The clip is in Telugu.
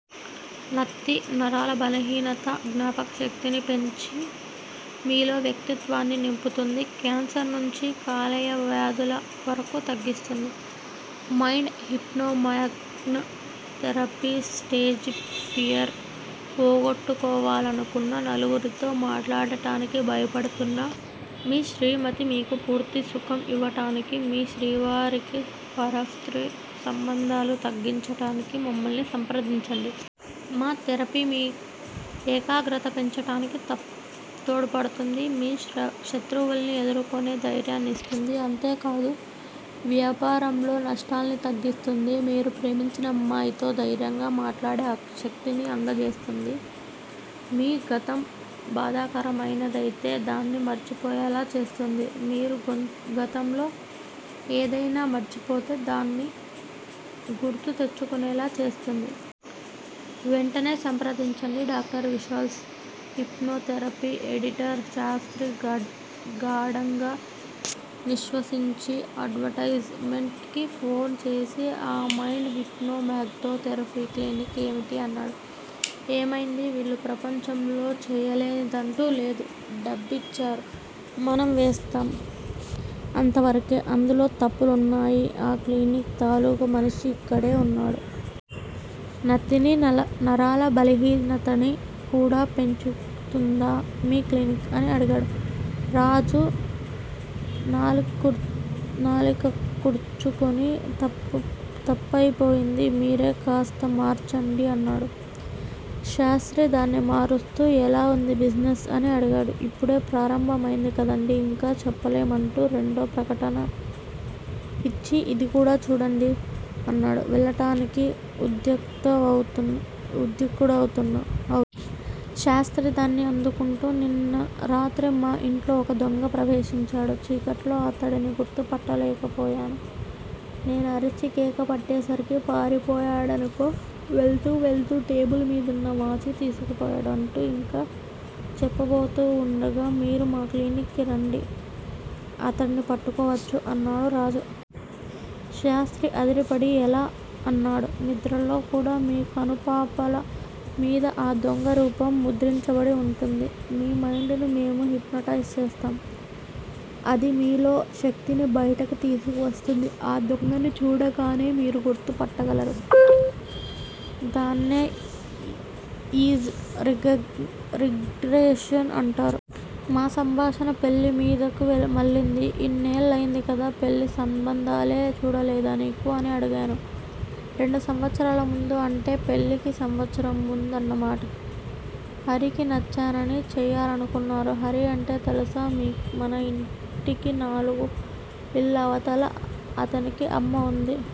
నత్తి, నరాల బలహీనత, జ్ఞాపకశక్తిని పెంచి మీలో వ్యక్తిత్వాన్ని నింపుతుంది. కాన్సర్ నుంచి కాలేయవ్యాధుల వరకూ తగ్గిస్తుంది mind hypno magno therapy stage fear పోగొట్టుకోవాలనుకున్న. నలుగురితో మాట్లాడటానికి భయపడుతున్నా, మీ శ్రీమతి మీకు పూర్తి సుఖం ఇవ్వటానికి, మీ శ్రీవారికి పరస్త్రీ సంబంధాలు తగ్గించటానికి మమ్మల్ని సంప్రదించండి. మా థెరపీ మీ 'ఏకాగ్రత' పెంచటానికి తోడ్పడుతుంది. మీ శత్రువుల్ని ఎదుర్కొనే ధైర్యాన్ని ఇస్తుంది. అంతేకాదు. వ్యాపారంలో నష్టాల్ని తగ్గిస్తుంది. మీరు ప్రేమించిన అమ్మాయితో ధైర్యంగా మాట్లాడే శక్తిని అందజేస్తుంది మీ గతం బాధాకరమైనదయితే దాన్ని మర్చిపోయేలా చేస్తుంది. మీరు గతంలో ఏదైనా మర్చిపోతే దాన్ని గుర్తు తెచ్చుకునేలా చేస్తుంది. వెంటనే సంప్రదించండి. Doctor Vishal's hypno therapy editor Shastri గాఢంగా నిశ్వసించి అడ్వర్టయిజ్ మెంట్ కి ఫోన్ చేసి ఆ mind hypno magno therapy clinic ఏమిటి? అన్నాడు. ఏమైంది? వీళ్ళు ప్రపంచంలో చేయలేనిదంటూ లేదు? డబ్బిచ్చారు. మనం వేస్తాం. అంతవరకే. అందులో తప్పులున్నాయి ఆ క్లినిక్ తాలూకు మనిషి ఇక్కడే వున్నాడు. నత్తినీ, నరాల బలహీనతని కూడా పెంచుతుందా మీ క్లినిక్? అని అడిగాడు. రాజు నాలిక్కర్చుకుని, తప్పయిపోయింది. మీరే కాస్త మార్చండి అన్నాడు. శాస్త్రి దాన్ని మారుస్తూ ఎలా వుందీ బిజినెస్? అని అడిగాడు. ఇప్పుడే ప్రారంభం అయింది కదండీ. ఇంకా చెప్పలేం అంటూ రెండో ప్రకటన ఇచ్చి ఇది కూడా చూడండి అన్నాడు వెళ్ళటానికి ఉద్యుక్తుడవుతూ. శాస్త్రి దాన్ని అందుకుంటూ నిన్న రాత్రి మా ఇంట్లో ఒక దొంగ ప్రవేశించాడు. చీకట్లో అతడిని గుర్తుపట్టులేకపోయాను. నేను అరిచి కేకపెట్టేసరికి పారిపోయాడనుకో. వెళ్తూ వెళ్తూ టేబిల్ మీదున్న వాచీ తీసుకుపోయాడు అంటూ ఇంకా చెప్పబోతూ వుండగా 'మీరు మా క్లినిక్ కి రండి. అతడిని పట్టుకోవచ్చు' అన్నాడు రాజు. శాస్త్రి అదిరిపడి ఎలా? అన్నాడు. నిద్రలో కూడా మీ కనుపాపల మీద ఆ దొంగ రూపం ముద్రించబడి వుంటుంది. మీ మైండ్ ని మేము హిప్నటైజ్ చేస్తాం. అది మీలో శక్తిని బయటకు తీసుకువస్తుంది. ఆ దొంగని చూడగానే మీరు గుర్తుపట్టగలరు దాన్నే ఏజ్ రిగ్రెషన్ అంటారు. మా సంభాషణ పెళ్ళిమీదికి మళ్ళింది. ఇన్నేళ్ళయింది కదా. పెళ్ళి సంబంధాలే చూడలేదా నీకు? అని అడిగాను. రెండు సంవత్సరాల ముందు, అంటే పెళ్ళికి సంవత్సరం ముందున్న మాట. హరికి నఛారని చేయాలనుకున్నారు. హరి అంటే తెలుసా? మన ఇంటికి నాలుగు ఇళ్ళవతల. అతనికి అమ్మ వుంది.